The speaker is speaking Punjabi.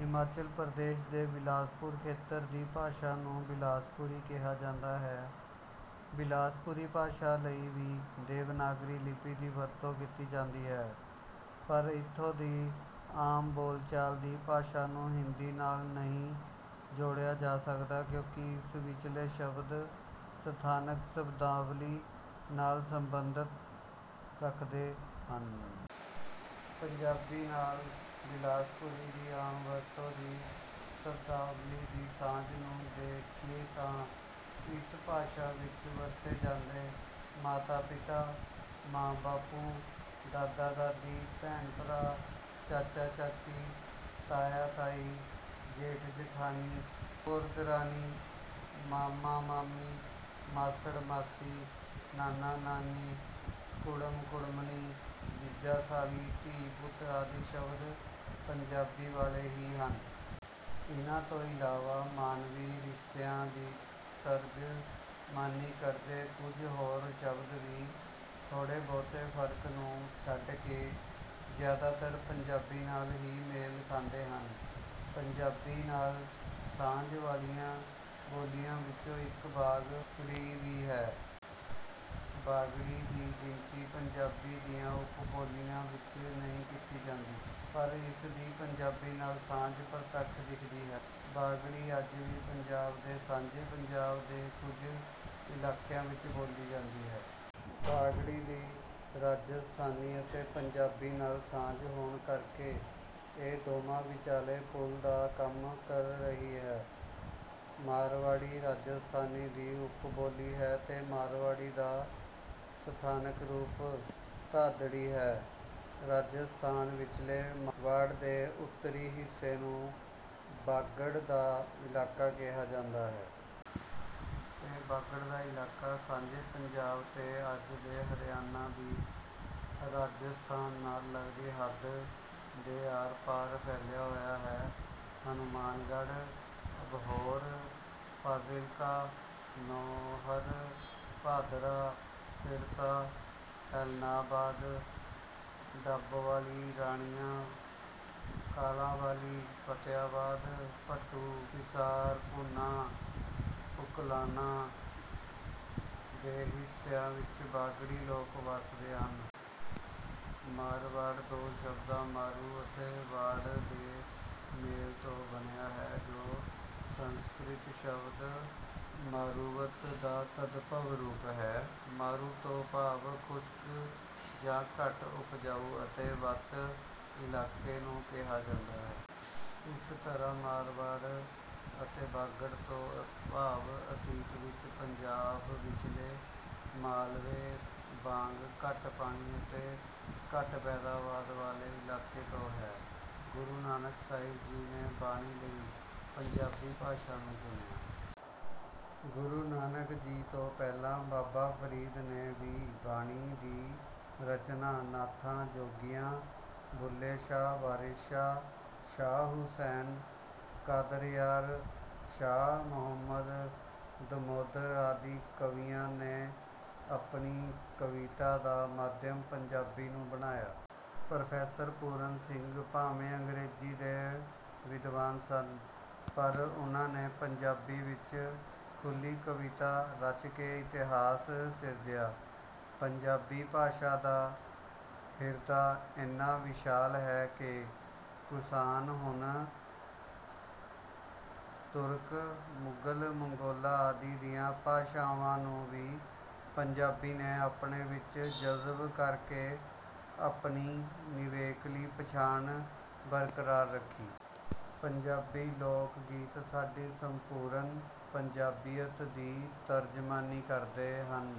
ਹਿਮਾਚਲ ਪ੍ਰਦੇਸ਼ ਦੇ ਬਿਲਾਸਪੁਰ ਖੇਤਰ ਦੀ ਭਾਸ਼ਾ ਨੂੰ ਬਿਲਾਸਪੁਰੀ ਕਿਹਾ ਜਾਂਦਾ ਹੈ। ਬਿਲਾਸਪੁਰੀ ਭਾਸ਼ਾ ਲਈ ਵੀ ਦੇਵਨਾਗਰੀ ਲਿਪੀ ਦੀ ਵਰਤੋਂ ਕੀਤੀ ਜਾਂਦੀ ਹੈ ਪਰ ਇੱਥੋਂ ਦੀ ਆਮ ਬੋਲਚਾਲ ਦੀ ਭਾਸ਼ਾ ਨੂੰ ਹਿੰਦੀ ਨਾਲ਼ ਨਹੀਂ ਜੋੜਿਆ ਜਾ ਸਕਦਾ ਕਿਉਂਕਿ ਇਸ ਵਿਚਲੇ ਸ਼ਬਦ ਸਥਾਨਕ ਸ਼ਬਦਾਵਲੀ ਨਾਲ਼ ਸੰਬੰਧ ਰੱਖਦੇ ਹਨ। ਪੰਜਾਬੀ ਨਾਲ਼ ਬਿਲਾਸਪੁਰੀ ਦੀ ਆਮ ਵਰਤੋਂ ਦੀ ਸ਼ਬਦਾਵਲੀ ਦੀ ਸਾਂਝ ਨੂੰ ਦੇਖੀਏ ਤਾਂ ਇਸ ਭਾਸ਼ਾ ਵਿੱਚ ਵਰਤੇ ਜਾਂਦੇ ਮਾਤਾ-ਪਿਤਾ, ਮਾਂ-ਬਾਪੂ, ਦਾਦਾ-ਦਾਦੀ, ਭੈਣ-ਭਰਾ, ਚਾਚਾ-ਚਾਚੀ, ਤਾਇਆ-ਤਾਈ, ਜੇਠ-ਜੇਠਾਣੀ, ਦਿਓਰ-ਦਿਓਰਾਣੀ, ਮਾਮਾ-ਮਾਮੀ, ਮਾਸੜ-ਮਾਸੀ, ਨਾਨਾ -ਨਾਨੀ, ਕੁੜਮ-ਕੁੜਮਣੀ, ਜੀਜਾ-ਸਾਲੀ, ਧੀ-ਪੁੱਤ ਆਦਿ ਸ਼ਬਦ ਪੰਜਾਬੀ ਵਾਲ਼ੇ ਹੀ ਹਨ। ਇਨ੍ਹਾਂ ਤੋਂ ਇਲਾਵਾ ਮਾਨਵੀ ਰਿਸ਼ਤਿਆਂ ਦੀ ਤਰਜਮਾਨੀ ਕਰਦੇ ਕੁਝ ਹੋਰ ਸ਼ਬਦ ਵੀ ਥੋੜ੍ਹੇ-ਬਹੁਤੇ ਫ਼ਰਕ ਨੂੰ ਛੱਡ ਕੇ ਜ਼ਿਆਦਾਤਰ ਪੰਜਾਬੀ ਨਾਲ਼ ਹੀ ਮੇਲ ਖਾਂਦੇ ਹਨ। ਪੰਜਾਬੀ ਨਾਲ਼ ਸਾਂਝ ਵਾਲ਼ੀਆਂ ਬੋਲੀਆਂ ਵਿੱਚੋਂ ਇੱਕ 'ਬਾਗੜੀ' ਵੀ ਹੈ। ਬਾਗੜੀ ਦੀ ਗਿਣਤੀ ਪੰਜਾਬੀ ਦੀਆਂ ਉੱਪ-ਬੋਲੀਆਂ ਵਿੱਚ ਨਹੀਂ ਕੀਤੀ ਜਾਂਦੀ ਪਰ ਇਸ ਦੀ ਪੰਜਾਬੀ ਨਾਲ਼ ਸਾਂਝ ਪ੍ਰਤੱਖ ਦਿਸਦੀ ਹੈ। ਬਾਗੜੀ ਅੱਜ ਵੀ ਪੰਜਾਬ ਅਤੇ ਸਾਂਝੇ ਪੰਜਾਬ ਦੇ ਕੁਝ ਇਲਾਕਿਆਂ ਵਿੱਚ ਬੋਲੀ ਜਾਂਦੀ ਹੈ। ਬਾਗੜੀ ਦੀ ਰਾਜਸਥਾਨੀ ਅਤੇ ਪੰਜਾਬੀ ਨਾਲ਼ ਸਾਂਝ ਹੋਣ ਕਰਕੇ ਇਹ ਦੋਵਾਂ ਵਿਚਾਲੇ ਪੁਲ਼ ਦਾ ਕੰਮ ਕਰ ਰਹੀ ਹੈ। ਮਾਰਵਾੜੀ, ਰਾਜਸਥਾਨੀ ਦੀ ਉੱਪ-ਬੋਲੀ ਹੈ ਤੇ ਮਾਰਵਾੜੀ ਦਾ ਸਥਾਨਕ ਰੂਪ ਬਾਗੜੀ ਹੈ। ਰਾਜਸਥਾਨ ਵਿਚਲੇ ਮਾਰਵਾੜ ਦੇ ਉੱਤਰੀ ਹਿੱਸੇ ਨੂੰ ਬਾਗੜ ਦਾ ਇਲਾਕਾ ਕਿਹਾ ਜਾਂਦਾ ਹੈ। ਇਹ ਬਾਗੜ ਦਾ ਇਲਾਕਾ ਸਾਂਝੇ ਪੰਜਾਬ ਤੇ ਅੱਜ ਦੇ ਹਰਿਆਣਾ ਦੀ ਰਾਜਸਥਾਨ ਨਾਲ਼ ਲੱਗਦੀ ਹੱਦ ਦੇ ਆਰ-ਪਾਰ ਫੈਲਿਆ ਹੋਇਆ ਹੈ। ਹਨੂਮਾਨਗੜ੍ਹ, ਅਬਹੋਰ, ਫ਼ਾਜ਼ਿਲਕਾ, ਨੌਹਰ, ਭਾਦਰਾ, ਸਿਰਸਾ, ਐਲਨਾਬਾਦ, ਡੱਬਵਾਲੀ, ਰਾਣੀਆਂ, ਕਾਲਾਂਵਾਲੀ, ਫ਼ਤਿਆਬਾਦ, ਭੱਟੂ, ਹਿਸਾਰ, ਭੂਨਾ, ਉਕਲਾਨਾ ਦੇ ਹਿੱਸੇ ਵਿੱਚ ਬਾਗੜੀ ਲੋਕ ਵਸਦੇ ਹਨ। 'ਮਾਰਵਾੜ' ਦੋ ਸ਼ਬਦਾਂ ਮਾਰੂ ਅਤੇ ਵਾੜ ਦੇ ਮੇਲ ਤੋਂ ਬਣਿਆ ਹੈ ਜੋ ਸੰਸਕ੍ਰਿਤ ਸ਼ਬਦ 'ਮਾਰੂਵਤ' ਦਾ ਤਦਭਵ ਰੂਪ ਹੈ। 'ਮਾਰੂ' ਤੋਂ ਭਾਵ ਖੁਸ਼ਕ ਜਾਂ ਘੱਟ ਉਪਜਾਊ ਅਤੇ 'ਵਤ' ਇਲਾਕੇ ਨੂੰ ਕਿਹਾ ਜਾਂਦਾ ਹੈ। ਇਸ ਤਰ੍ਹਾਂ ਮਾਰਵਾੜ ਅਤੇ ਬਾਗੜ ਤੋਂ ਭਾਵ ਅਤੀਤ ਵਿੱਚ ਪੰਜਾਬ ਵਿਚਲੇ ਮਾਲਵੇ ਵਾਂਗ ਘੱਟ ਪਾਣੀ ਵਾਲ਼ੇ ਅਤੇ ਘੱਟ ਪੈਦਾਵਾਰ ਵਾਲ਼ੇ ਇਲਾਕੇ ਤੋਂ ਹੈ। ਗੂਰੂ ਨਾਨਕ ਸਾਹਿਬ ਜੀ ਨੇ ਬਾਣੀ ਲਈ ਪੰਜਾਬੀ ਭਾਸ਼ਾ ਨੂੰ ਚੁਣਿਆ। ਗੁਰੂ ਨਾਨਕ ਜੀ ਤੋਂ ਪਹਿਲਾਂ ਬਾਬਾ ਫ਼ਰੀਦ ਨੇ ਵੀ ਬਾਣੀ ਦੀ ਰਚਨਾ, ਨਾਥਾਂ, ਜੋਗੀਆਂ, ਬੁੱਲ੍ਹੇ ਸ਼ਾਹ, ਵਾਰਿਸ ਸ਼ਾਹ, ਸ਼ਾਹ ਹੁਸੈਨ, ਕ਼ਾਦਰਯਾਰ, ਸ਼ਾਹ ਮੁਹੰਮਦ, ਦਮੋਦਰ ਆਦਿ ਕਵੀਆਂ ਨੇ ਆਪਣੀ ਕਵਿਤਾ ਦਾ ਮਾਧਿਅਮ ਪੰਜਾਬੀ ਨੂੰ ਬਣਾਇਆ। ਪ੍ਰੋ. ਪੂਰਨ ਸਿੰਘ ਭਾਵੇਂ ਅੰਗਰੇਜ਼ੀ ਦੇ ਵਿਦਵਾਨ ਸਨ ਪਰ ਉਨ੍ਹਾਂ ਨੇ ਪੰਜਾਬੀ ਵਿੱਚ ਖੁੱਲ੍ਹੀ ਕਵਿਤਾ ਰਚ ਕੇ ਇਤਿਹਾਸ ਸਿਰਜਿਆ। ਪੰਜਾਬੀ ਭਾਸ਼ਾ ਦਾ ਹਿਰਦਾ ਇੰਨਾ ਵਿਸ਼ਾਲ ਹੈ ਕਿ ਕੁਸ਼ਾਨ, ਹੂਣ, ਤੁਰਕ, ਮੁਗ਼ਲ, ਮੰਗੋਲਾਂ ਆਦਿ ਦੀਆਂ ਭਾਸ਼ਾਵਾਂ ਨੂੰ ਵੀ ਪੰਜਾਬੀ ਨੇ ਆਪਣੇ ਵਿੱਚ ਜਜ਼ਬ ਕਰ ਕੇ ਆਪਣੀ ਨਿਵੇਕਲੀ ਪਛਾਣ ਬਰਕਰਾਰ ਰੱਖੀ। ਪੰਜਾਬੀ ਲੋਕ ਗੀਤ ਸਾਡੀ ਸੰਪੂਰਨ ਪੰਜਾਬੀਅਤ ਦੀ ਤਰਜਮਾਨੀ ਕਰਦੇ ਹਨ।